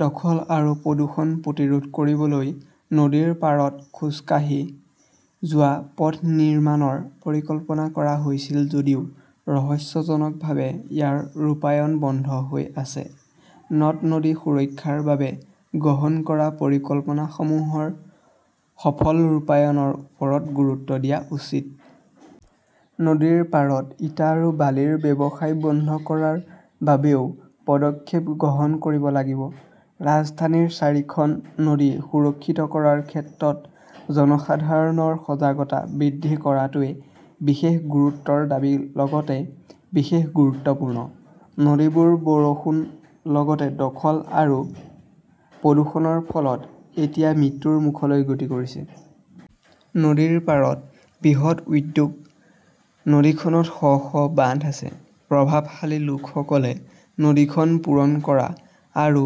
দখল আৰু প্ৰদূষণ প্ৰতিৰোধ কৰিবলৈ নদীৰ পাৰত খোজকাঢ়ি যোৱা পথ নিৰ্মাণৰ পৰিকল্পনা কৰা হৈছিল যদিও ৰহস্যজনকভাৱে ইয়াৰ ৰূপায়ণ বন্ধ হৈ আছে। নদ-নদী সুৰক্ষাৰ বাবে গ্ৰহণ কৰা পৰিকল্পনাসমূহৰ সফল ৰূপায়ণৰ ওপৰত গুৰুত্ব দিয়া উচিত। নদীৰ পাৰত ইটা আৰু বালিৰ ব্যৱসায় বন্ধ কৰাৰ বাবেও পদক্ষেপ গ্ৰহণ কৰিব লাগিব। ৰাজধানীৰ চাৰিখন নদী সুৰক্ষিত কৰাৰ ক্ষেত্ৰত জনসাধাৰণৰ সজাগতা বৃদ্ধি কৰাটোৱে বিশেষ গুৰুত্বৰ দাবী লগতে বিশেষ গুৰুত্বপূৰ্ণ। নদীবোৰ বৰষুণ লগতে দখল আৰু প্ৰদূষণৰ ফলত এতিয়া মৃত্যুৰ মুখলৈ গতি কৰিছে। নদীৰ পাৰত বৃহৎ উদ্যোগ, নদীখনত থকা শ শ বান্ধ আছে। প্ৰভাৱশালী লোকসকলে নদীখন পূৰণ কৰা আৰু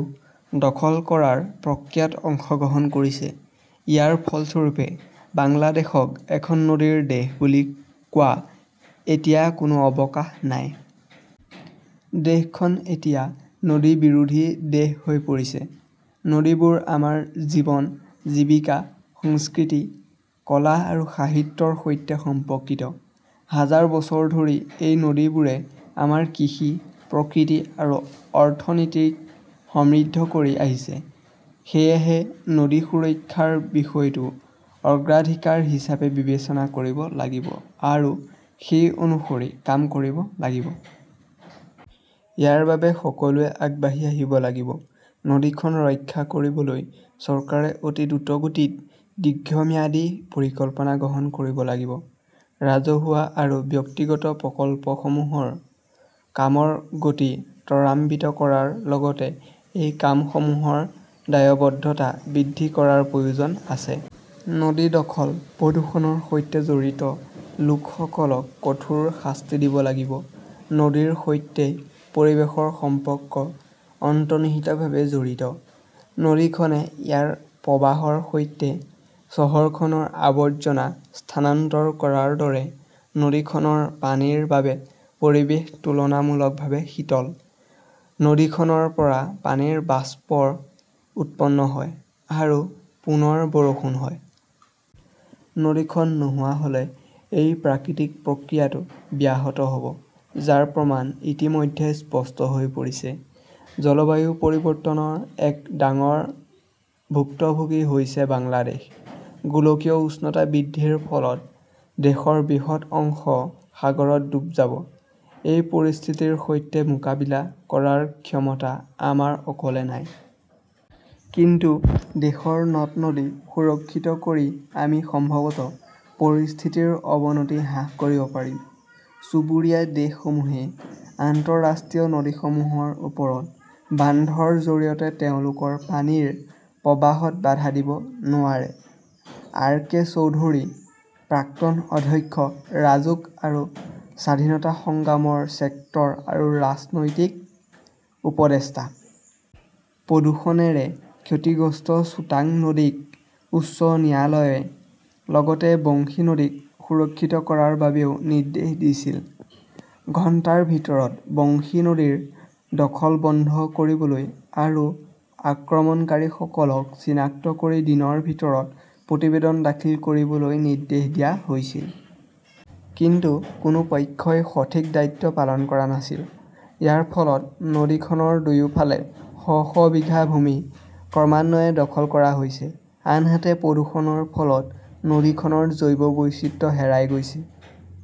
দখল কৰাৰ প্ৰক্ৰিয়াত অংশগ্ৰহণ কৰিছে। ইয়াৰ ফলস্বৰূপে বাংলাদেশক এখন নদীৰ দেশ বুলি কোৱা এতিয়া কোনো অৱকাশ নাই। দেশখন এতিয়া নদী বিৰোধী দেশ হৈ পৰিছে। নদীবোৰ আমাৰ জীৱন, জীৱিকা, সংস্কৃতি, কলা আৰু সাহিত্যৰ সৈতে সম্পৰ্কিত। হাজাৰ বছৰ ধৰি এই নদীবোৰে আমাৰ কৃষি, প্ৰকৃতি আৰু অৰ্থনীতিক সমৃদ্ধ কৰি আহিছে। সেয়েহে, নদী সুৰক্ষাৰ বিষয়টো অগ্ৰাধিকাৰ হিচাপে বিবেচনা কৰিব লাগিব আৰু সেই অনুসৰি কাম কৰিব লাগিব। ইয়াৰ বাবে সকলোৱে আগবাঢ়ি আহিব লাগিব। নদীখন ৰক্ষা কৰিবলৈ চৰকাৰে অতি দ্ৰুতগতিত দীৰ্ঘম্যাদী পৰিকল্পনা গ্ৰহণ কৰিব লাগিব। ৰাজহুৱা আৰু ব্যক্তিগত প্ৰকল্পসমূহৰ কামৰ গতি ত্বৰান্বিত কৰাৰ লগতে এই কামসমূহৰ দায়বদ্ধতা বৃদ্ধি কৰাৰ প্ৰয়োজন আছে। নদী দখল-প্ৰদূষণৰ সৈতে জড়িত লোকসকলক কঠোৰ শাস্তি দিব লাগিব। নদীৰ সৈতে পৰিৱেশৰ সম্পৰ্ক অন্তৰ্নিহিতভাৱে জড়িত। নদীখনে ইয়াৰ প্ৰবাহৰ সৈতে চহৰখনৰ আৱৰ্জনা স্থানান্তৰ কৰাৰ দৰে, নদীখনৰ পানীৰ বাবে পৰিৱেশ তুলনামূলকভাৱে শীতল। নদীখনৰ পৰা পানীৰ বাষ্প উৎপন্ন হয় আৰু পুনৰ বৰষুণ হয়। নদীখন নোহোৱা হ'লে এই প্ৰাকৃতিক প্ৰক্ৰিয়াটো ব্যাহত হ'ব, যাৰ প্ৰমাণ ইতিমধ্যে স্পষ্ট হৈ পৰিছে। জলবায়ু পৰিৱৰ্তনৰ এক ডাঙৰ ভুক্তভোগী হৈছে বাংলাদেশ। গোলকীয় উষ্ণতা বৃদ্ধিৰ ফলত দেশৰ বৃহৎ অংশ সাগৰত ডুব যাব। এই পৰিস্থিতিৰ সৈতে মোকাবিলা কৰাৰ ক্ষমতা আমাৰ অকলে নাই। কিন্তু দেশৰ নদ-নদী সুৰক্ষিত কৰি আমি সম্ভৱতঃ পৰিস্থিতিৰ অৱনতি হ্ৰাস কৰিব পাৰিম। চুবুৰীয়া দেশসমূহে আন্তঃৰাষ্ট্ৰীয় নদীসমূহৰ ওপৰত বান্ধৰ জৰিয়তে তেওঁলোকৰ পানীৰ প্ৰবাহত বাধা দিব নোৱাৰে। আৰ কে চৌধুৰীঃ প্ৰাক্তন অধ্যক্ষ, ৰাজুক আৰু স্বাধীনতা সংগ্ৰামৰ ছেক্টৰ আৰু ৰাজনৈতিক উপদেষ্টা। প্ৰদূষণেৰে ক্ষতিগ্ৰস্ত চুটাঙ নদীক উচ্চ ন্যায়ালয়ে লগতে বংশী নদীক সুৰক্ষিত কৰাৰ বাবেও নিৰ্দেশ দিছিল। ঘণ্টাৰ ভিতৰত বংশী নদীৰ দখল বন্ধ কৰিবলৈ আৰু আক্ৰমণকাৰীসকলক চিনাক্ত কৰি দিনৰ ভিতৰত প্ৰতিবেদন দাখিল কৰিবলৈ নিৰ্দেশ দিয়া হৈছিল। কিন্তু কোনো পক্ষই সঠিক দায়িত্ব পালন কৰা নাছিল। ইয়াৰ ফলত নদীখনৰ দুয়োফালে শ শ বিঘা ভূমি ক্ৰমান্বয়ে দখল কৰা হৈছে। আনহাতে, প্ৰদূষণৰ ফলত নদীখনৰ জৈৱ বৈচিত্ৰ্য হেৰাই গৈছে।